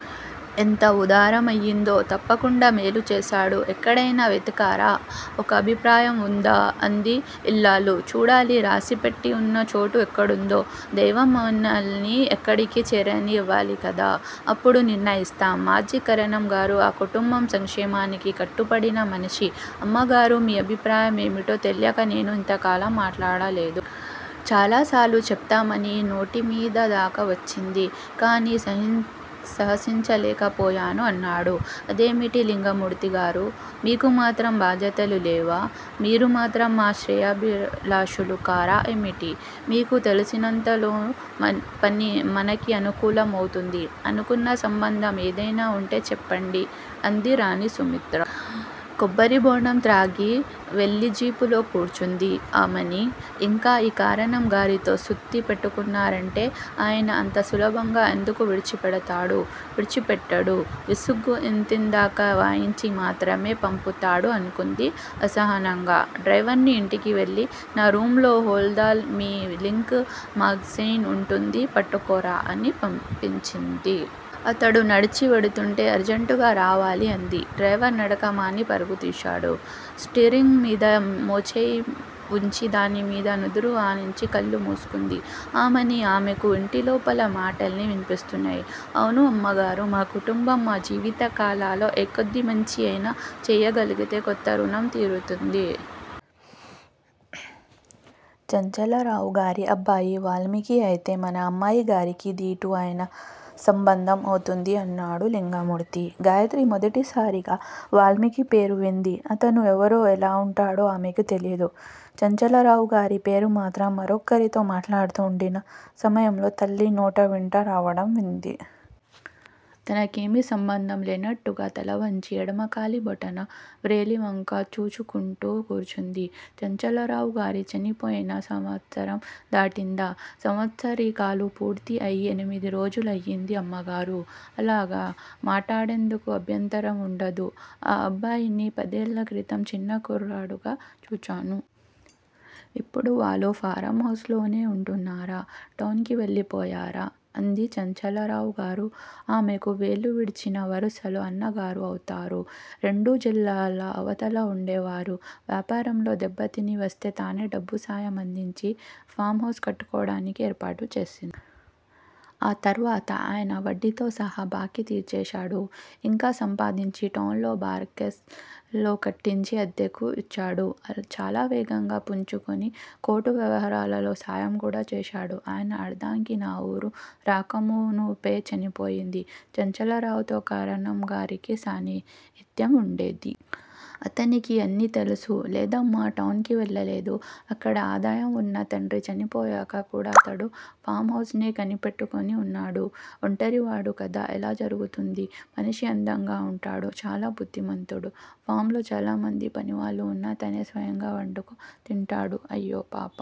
ఎంత వుదారమయిందో! తప్పకుండా మేలు చేస్తాడు! ఎక్కడయినా వెతికారా? ఒక అభిప్రాయం వుందా? అంది యిల్లాలు. చూడాలి! రాసిపెట్టివున్న చోటు ఎక్కడుందో! దైవం మనల్ని అక్కడికి చేరనివ్వాలి కదా! అప్పుడు నిర్ణయిస్తాం! మాజీ కరణంగారు ఆ కుటుంబ సంక్షేమానికి కట్టుపడిన మనిషి. అమ్మగారూ! మీ అభిప్రాయం ఏమిటో తెలియక నేను ఇంతకాలం మాట్లాడలేదు. చాలాసార్లు చెప్తామని నోటిమీద దాకా వచ్చింది. కాని సాహసించలేకపోయాను అన్నాడు. అదేమిటి లింగమూర్తిగారూ! మీకు మాత్రం బాధ్యతలు లేవా? మీరు మాత్రం మా శ్రేయోభిలాషులు కారా ఏమిటి? మీకు తెలిసినంతలో మనకి అనుకూలం అవుతుంది. అనుకున్న సంబంధం ఏదయినా వుంటే చెప్పండి! అంది రాణి సుమిత్ర. కొబ్బరిబొండం త్రాగి వెళ్ళి జీపులో కూర్చుంది ఆమని! ఇంక ఈ కరణం గారితో సుత్తి పెట్టుకున్నారంటే ఆయన అంత సులభంగా ఎందుకు విడిచిపెడతాడు? విడిచిపెట్టడు! విసుగు ఎత్తిందాకా వాయించి మాత్రమే పంపుతాడు అనుకుంది అసహనంగా. డ్రైవర్ని ఇంటికి వెళ్ళి నా రూంలో హోలాల్ద్ మీద లింక్ మాగ్జయిన్ వుంటుంది పట్టుకురా అని పంపించింది. అతడు నడచి వెడుతుంటే అర్జంటుగా రావాలి అంది. డ్రైవర్ నడక మాని పరుగుతీశాడు. స్టీరింగ్ మీద మోచేయి వుంచి దానిమీద నుదురు ఆనించి కళ్ళు మూసుకుంది ఆమని! ఆమెకు ఇంటి లోపలి మాటలు విన్పిస్తున్నాయి. అవును అమ్మగారూ! మా కుటుంబం మా జీవితకాలాల్లో ఏ కొద్ది మంచి అయినా చేయగలిగితే కొంత రుణం తీరుతుంది. చంచలరావుగారి అబ్బాయి వాల్మీకి అయితే మన అమ్మాయిగారికి దీటు అయిన సంబంధం అవుతుంది అన్నాడు లింగమూర్తి. గాయత్రి మొదటిసారిగా వాల్మీకి పేరు వింది. అతను ఎవరో ఎలా వుంటాడో ఆమెకు తెలియదు. చంచలరావుగారి పేరు మాత్రం మరొకరితో మాటాడుతూ వుండిన సమయంలో తల్లి నోటివెంట రావటం వింది. తనకేమీ సంబంధం లేనట్టుగా తల వంచి ఎడమ కాలి బొటన వ్రేలివంక చూచుకుంటూ కూర్చుంది. చంచలరావుగారు చనిపోయి సంవత్సరం దాటిందా? సంవత్సరీకాలు పూర్తి అయి ఎనిమిది రోజులు అయింది అమ్మగారూ! అలాగా! మాటాడేందుకు అభ్యంతరం వుండదు. ఆ అబ్బాయిని పదేళ్ళ క్రితం చిన్న కుర్రాడుగా చూచాను. ఇప్పుడు వాళ్ళు ఫారం హౌస్ లోనే వుంటున్నారా? టౌన్ కి వెళ్ళిపోయారా? అంది. చంచలరావుగారు ఆమెకు వేలు విడిచిన వరుసలో అన్నగారు అవుతారు. రెండు జిల్లాల అవతల వుండేవారు. వ్యాపారంలో దెబ్బతిని వస్తే తానే డబ్బు సాయం అందించి ఫాం హౌస్ కట్టుకోవటానికి ఏర్పాటు చేసింది. ఆ తరువాత ఆయన వడ్డీతో సహా బాకీ తీర్చేశాడు. ఇంకా సంపాదించి టౌన్ లో బారెక్స్ లు కట్టించి అద్దెకు ఇచ్చాడు. చాలా వేగంగా పుంజుకుని కోర్టు వ్యవహారాలలో సాయం కూడా చేశాడు! ఆయన అర్ధాంగి ఆ ఊరు రాకమునుపే చనిపోయింది. చంచలరావుతో కరణంగారికి సాన్నిహిత్యం వుండేది. అతనికి అన్నీ తెలుసు. లేదమ్మా! టౌన్ కి వెళ్ళలేదు. అక్కడ ఆదాయం వున్నా తండ్రి చనిపోయాక కూడ అతడు ఫాం హౌస్ నే కనిపెట్టుకుని వున్నాడు ఒంటరివాడు కదా! ఎలా జరుగుతోంది? మనిషి అందంగా వుంటాడు. చాలా బుద్ధిమంతుడు! ఫాంలో చాలామంది పనివాళ్ళు వున్నా తనే స్వయంగా వండుకు తింటాడు అయ్యో పాపం!